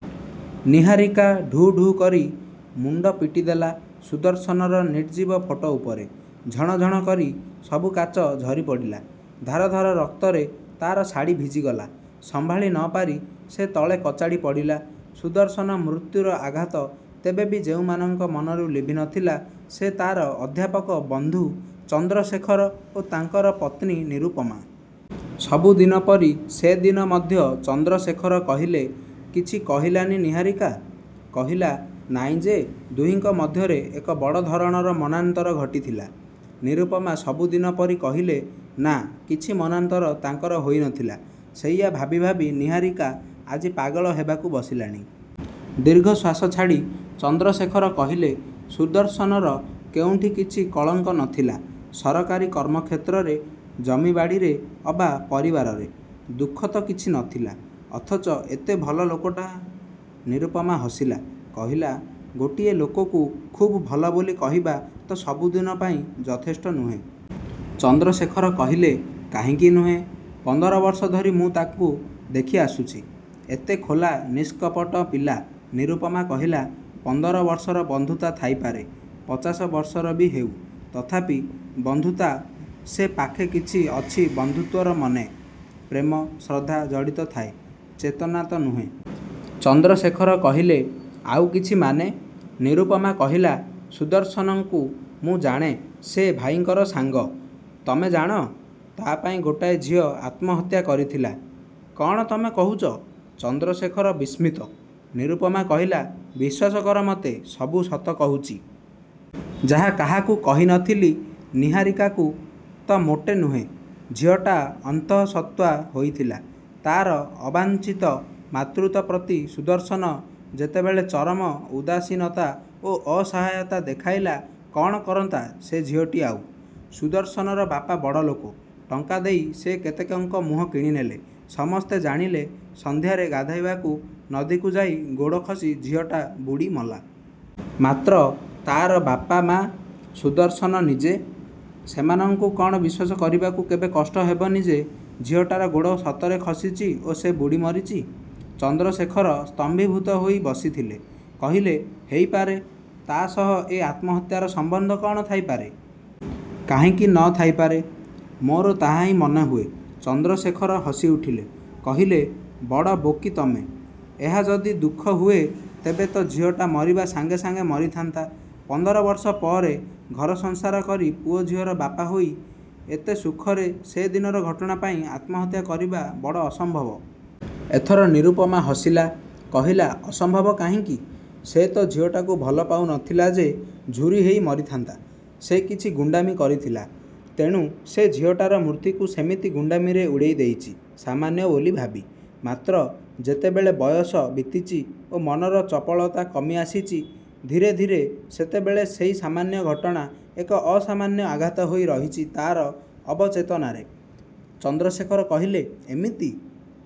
ନିହାରିକା ଢୁ ଢୁ କରି ମୁଣ୍ଡ ପିଟିଦେଲା ସୁଦର୍ଶନର ନିର୍ଜୀବ ଫଟୋ ଉପରେ। ଝଣ ଝଣ କରି ସବୁ କାଚ ଝରିପଡ଼ିଲା। ଧାର ଧାର ରକ୍ତରେ ତାର ଶାଢ଼ି ଭିଜିଗଲା, ସମ୍ଭାଳି ନ ପାରି ସେ ତଳେ କଚାଡ଼ି ପଡ଼ିଲା। ସୁଦର୍ଶନ ମୃତ୍ୟୁର ଆଘାତ ତେବେ ବି ଯେଉଁମାନଙ୍କ ମନରୁ ଲିଭି ନ ଥିଲା, ସେ ତାର ଅଧ୍ୟାପକ ବନ୍ଧୁ ଚନ୍ଦ୍ରଶେଖର ଓ ତାଙ୍କର ପତ୍ନୀ ନିରୁପମା। ସବୁ ଦିନ ପରି ସେଦିନ ମଧ୍ୟ ଚନ୍ଦ୍ରଶେଖର କହିଲେ, "କିଛି କହିଲାନି ନିହାରିକା? କହିଲା ନାଇଁ ଯେ ଦୁହିଁଙ୍କ ମଧ୍ୟରେ ଏକ ବଡ଼ ଧରଣର ମନାନ୍ତର ଘଟିଥିଲା?" ନିରୁପମା ସବୁଦିନ ପରି କହିଲେ, "ନାଁ, କିଛି ମନାନ୍ତର ତାଙ୍କର ହୋଇ ନ ଥିଲା। ସେଇଆ ଭାବି ଭାବି ନିହାରିକା ଆଜି ପାଗଳ ହେବାକୁ ବସିଲାଣି।" ଦୀର୍ଘଶ୍ଵାସ ଛାଡ଼ି ଚନ୍ଦ୍ରଶେଖର କହିଲେ, "ସୁଦର୍ଶନର କେଉଁଠି କିଛି କଳଙ୍କ ନ ଥିଲା। ସରକାରୀ କର୍ମକ୍ଷେତ୍ରରେ, ଜମିବାଡ଼ିରେ ଅବା ପରିବାରରେ, ଦୁଃଖ ତ କିଛି ନ ଥିଲା, ଅଥଚ ଏତେ ଭଲ ଲୋକଟା" ନିରୁପମା ହସିଲା। କହିଲା, "ଗୋଟିଏ ଲୋକକୁ ଖୁବ୍ ଭଲ ବୋଲି କହିବା ତ ସବୁ ଦିନ ପାଇଁ ଯଥେଷ୍ଟ ନୁହେଁ।" ଚନ୍ଦ୍ରଶେଖର କହିଲେ, "କାହିଁକି ନୁହେଁ? ପନ୍ଦର ବର୍ଷ ଧରି ମୁଁ ତାକୁ ଦେଖିଆସୁଚି। ଏତେ ଖୋଲା ନିଷ୍କପଟ ପିଲା"ନିରୁପମା କହିଲା, "ପନ୍ଦର ବର୍ଷର ବନ୍ଧୁତା ଥାଇପାରେ। ପଚାଶ ବର୍ଷର ବି ହେଉ, ତଥାପି ବନ୍ଧୁତା ସେ ପାଖେ କିଛି ଅଛି ବନ୍ଧୁତ୍ୱରେ ମନ, ପ୍ରେମ, ଶ୍ରଦ୍ଧା ଜଡ଼ିତ ଥାଏ, ଚେତନା ତ ନୁହେଁ।" ଚନ୍ଦ୍ରଶେଖର କହିଲେ, "ଆଉ କିଛି ମାନେ?" ନିରୁପମା କହିଲା, "ସୁଦର୍ଶନକୁ ମୁଁ ଜାଣେ ସେ ଭାଇଙ୍କର ସାଙ୍ଗ। ତମେ ଜାଣ, ତା ପାଇଁ ଗୋଟାଏ ଝିଅ ଆତ୍ମହତ୍ୟା କରିଥିଲା?" "କ'ଣ ତମେ କହୁଚ?" ଚନ୍ଦ୍ରଶେଖର ବିସ୍ମିତ। ନିରୁପମା କହିଲା, "ବିଶ୍ଵାସ କର ମତେ, ସବୁ ସତ କହୁଚି। ଯାହା କାହାକୁ କହି ନ ଥିଲି, ନିହାରିକାକୁ ତ ମୋଟେ ନୁହେଁ। ଝିଅଟା ଅନ୍ତଃସତ୍ତ୍ଵା ହୋଇଥିଲା। ତାର ଅବାଞ୍ଛିତ ମାତୃତ୍ଵ ପ୍ରତି ସୁଦର୍ଶନ ଯେତେବେଳେ ଚରମ ଉଦାସୀନତା ଓ ଅସହାୟତା ଦେଖାଇଲା କ'ଣ କରନ୍ତା ସେ ଝିଅଟି ଆଉ? ସୁଦର୍ଶନର ବାପା ବଡ଼ଲୋକ, ଟଙ୍କା ଦେଇ ସେ କେତେକଙ୍କ ମୁହଁ କିଣିନେଲେ, ସମସ୍ତେ ଜାଣିଲେ ସନ୍ଧ୍ୟାରେ ଗାଧୋଇବାକୁ ନଦୀକୁ ଯାଇ ଗୋଡ଼ ଖସି ଝିଅଟା ବୁଡ଼ିମଲା। ମାତ୍ର ତାର ବାପା, ମା? ସୁଦର୍ଶନ ନିଜେ? ସେମାନଙ୍କୁ କ'ଣ ବିଶ୍ୱାସ କରିବାକୁ କେବେ କଷ୍ଟ ହେବ ନି ଯେ ଝିଅଟାର ଗୋଡ଼ ସତରେ ଖସିଚି ଓ ସେ ବୁଡ଼ି ମରିଚି?" ଚନ୍ଦ୍ରଶେଖର ସ୍ତମ୍ଭୀଭୂତ ହୋଇ ବସିଥିଲେ। କହିଲେ, "ହେଇପାରେ, ତା' ସହ ଏ ଆତ୍ମହତ୍ୟାର ସମ୍ବନ୍ଧ କ'ଣ ଥାଇପାରେ?" "କାହିଁକି ନ ଥାଇପାରେ? ମୋର ତାହାହିଁ ମନେହୁଏ।" ଚନ୍ଦ୍ରଶେଖର ହସିଉଠିଲେ। କହିଲେ, "ବଡ଼ ବୋକି ତମେ! ଏହା ଯଦି ଦୁଃଖ ହୁଏ, ତେବେ ତ ଝିଅଟା ମରିବା ସାଙ୍ଗେ ସାଙ୍ଗେ ମରିଥାନ୍ତା। ପନ୍ଦର ବର୍ଷ ପରେ, ଘରସଂସାର କରି, ପୁଅଝିଅର ବାପ ହୋଇ, ଏତେ ସୁଖରେ, ସେଦିନର ଘଟଣା ପାଇଁ ଆତ୍ମହତ୍ୟା କରିବା ବଡ଼ ଅସମ୍ଭବ!" ଏଥର ନିରୁପମା ହସିଲା, କହିଲା, "ଅସମ୍ଭବ କାହିଁକି? ସେ ତ ଝିଅଟାକୁ ଭଲପାଉ ନ ଥିଲା ଯେ ଝୁରି ହେଇ ମରିଥାନ୍ତା! ସେ କିଛି ଗୁଣ୍ଡାମି କରିଥିଲା। ତେଣୁ ସେ ଝିଅଟାର ମୃତ୍ୟୁକୁ ସେମିତି ଗୁଣ୍ଡାମିରେ ଉଡ଼େଇ ଦେଇଚି, ସାମାନ୍ୟ ବୋଲି ଭାବି। ମାତ୍ର ଯେତେବେଳେ ବୟସ ବିତିଚି ଓ ମନର ଚପଳତା କମି ଆସିଚି ଧୀରେ ଧୀରେ, ସେତେବେଳେ ସେଇ ସାମାନ୍ୟ ଘଟଣା, ଏକ ଅସାମାନ୍ୟ ଆଘାତ ହୋଇ ରହିଚି ତାର ଅବଚେତନରେ।"ଚନ୍ଦ୍ରଶେଖର କହିଲେ, "ଏମିତି."